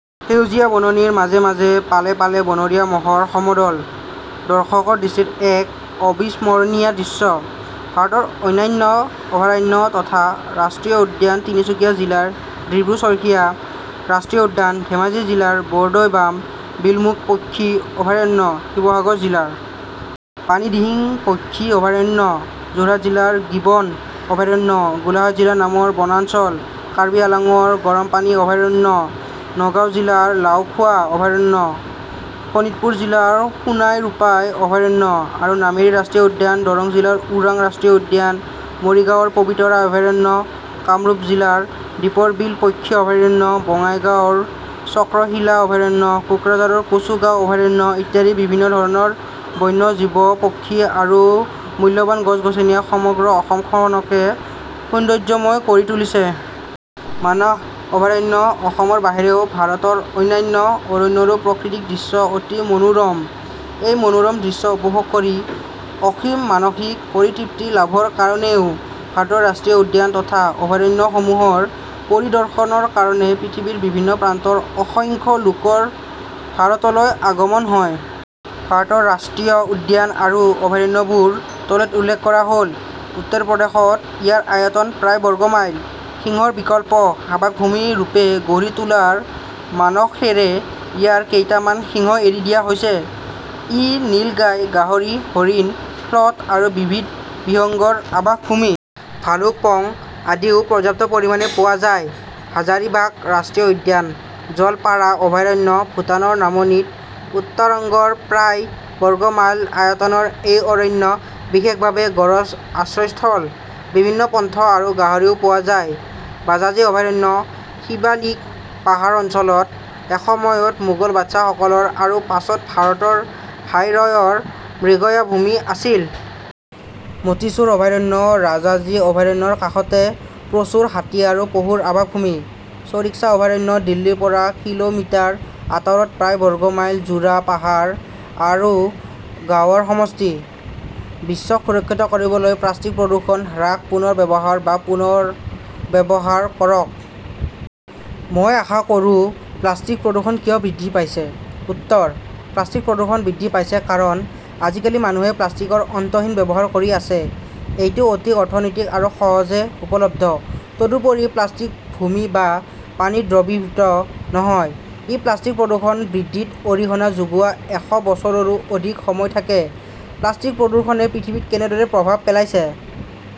সেউজীয়া বননিৰ মাজে মাজে পালে পালে বনৰীয়া ম'হৰ সমদল, দৰ্শকৰ দৃষ্টিত এক অবিস্মৰণীয়া দৃশ্য। ভাৰতৰ অন্যান্য অভয়াৰণ্য তথা ৰাষ্ট্ৰীয় উদ্যান তিনিচুকীয়া জিলাৰ ডিব্ৰু-চৈখােৱা ৰাষ্ট্ৰীয় উদ্যান, ধেমাজী জিলাৰ বৰদৈবাম বিলমুখ পক্ষী অভয়াৰণ্য, শিৱসাগৰ জিলাৰ পানীদিহিং পক্ষী অভয়াৰণ্য, যােৰহাট জিলাৰ গিবন অভয়াৰণ্য, গােলাঘাট জিলাৰ নামৰ বনাঞ্চল, কাৰ্বি আংলঙৰ গৰমপানী অভয়াৰণ্য, নগাঁও জিলাৰ লাউখােৱা অভয়াৰণ্য, শােণিতপুৰ জিলাৰ সােনাই-ৰূপাই অভয়াৰণ্য আৰু নামেৰী ৰাষ্ট্ৰীয় উদ্যান, দৰং জিলাৰ ওৰাং ৰাষ্ট্ৰীয় উদ্যান, মৰিগাঁৱৰ পবিতৰা অভয়াৰণ্য, কামৰূপ জিলাৰদীপৰ বিল পক্ষী অভয়াৰণ্য, বঙাইগাঁৱৰ চক্ৰশিলা অভয়াৰণ্য, কোকৰাঝাৰ কচুগাঁও অভয়াৰণ্য ইত্যাদি বিভিন্ন ধৰণৰ বন্য জন্তু, পক্ষী আৰু মূল্যবান গছ-গছনিয়ে সমগ্ৰ অসমখনকে সৌন্দৰ্যময় কৰি তুলিছে। মানাহ অভয়াৰণ্য অসমৰ বাহিৰেও ভাৰতৰ অন্যান্য অৰণ্যৰাে প্ৰাকৃতিক দৃশ্য অতি মনােৰম। এই মনােৰম দৃশ্য উপভােগ কৰি অসীম মানসিক পৰিতৃপ্তি লাভৰ কাৰণেও ভাৰতৰ ৰাষ্ট্ৰীয় উদ্যান তথা অভয়াৰণ্যসমূহ পৰিদৰ্শনৰ কাৰণে পৃথিৱীৰ বিভিন্ন প্ৰান্তৰ অসংখ্য লােকৰ ভাৰতলৈ আগমন হয়। ভাৰতৰ ৰাষ্ট্ৰীয় উদ্যান আৰু অভয়াৰণ্যবােৰ তলত উল্লেখ কৰা হ'ল- উত্তৰ প্ৰদেশত; ইয়াৰ আয়তন প্ৰায় বৰ্গ মাইল। সিংহৰ বিকল্প আবাসভূমি ৰূপে গঢ়ি তােলাৰ মানসেৰে ইয়াৰ কেইটামান সিংহ এৰি দিয়া হৈছে। ই নীল গাই, গাহৰি, হৰিণ, শ্লথ আৰু বিবিধ বিহঙ্গৰ আবাসভূমি।. ভালুক, পং অদিও পৰ্যাপ্ত পৰিমাণে পােৱা যায়।. হাজাৰিবাগ ৰাষ্ট্ৰীয় উদ্যান. জলপাৰা অভয়াৰণ্য ভূটানৰ নামনিত, উত্তৰংগৰ প্ৰায় বৰ্গ মাইল আয়তনৰ এই অৰণ্য বিশেষভাৱে গঁড়ৰ আশ্ৰয়স্থল। বিভিন্ন পন্থ আৰু গাহৰিও পোয়া যায়।. বাজাজী অভয়াৰণ্য শিবালিক পাহাৰ অঞ্চলত; এসময়ত মােগল বাদচাহসকলৰ আৰু পাছত ভাৰতৰ ভাইৰয়ৰ মৃগয়াভূমি আছিল।. মােটিচুৰ অভয়াৰণ্য ৰাজাজী অভয়াৰণ্যৰ কাষতে; প্ৰচুৰ হাতী আৰু পহুৰ আবাসভূমি।। চৰিষ্কা অভয়াৰণ্য দিল্লীৰপৰা কিলােমিটাৰ আঁতৰত প্ৰায় বৰ্গ মাইল জোৰা পাহাৰ আৰু গাঁৱৰ সমষ্টি। বিশ্বক সুৰক্ষিত কৰিবলৈ প্লাষ্টিক প্ৰদূষণ "হ্ৰাস, পুনৰ ব্যৱহাৰ বা পুনৰব্যৱহাৰ" কৰক। মই আশা কৰোঁ. প্লাষ্টিকৰ প্ৰদূষণ কিয় বৃদ্ধি পাইছে? উত্তৰ: প্লাষ্টিক প্ৰদূষণ বৃদ্ধি পাইছে কাৰণ আজিকালি মানুহে প্লাষ্টিকৰ অন্তহীন ব্যৱহাৰ কৰি আছে। এইটো অতি অৰ্থনৈতিক আৰু সহজে উপলব্ধ। তদুপৰি, প্লাষ্টিক ভূমি বা পানীত দ্ৰৱীভূত নহয়, ই প্লাষ্টিক প্ৰদূষণ বৃদ্ধিত অৰিহণা যোগোৱা এশ বছৰৰো অধিক সময় থাকে।. প্লাষ্টিকপ্ৰদূষণে পৃথিৱীত কেনেদৰে প্ৰভাৱ পেলাইছে?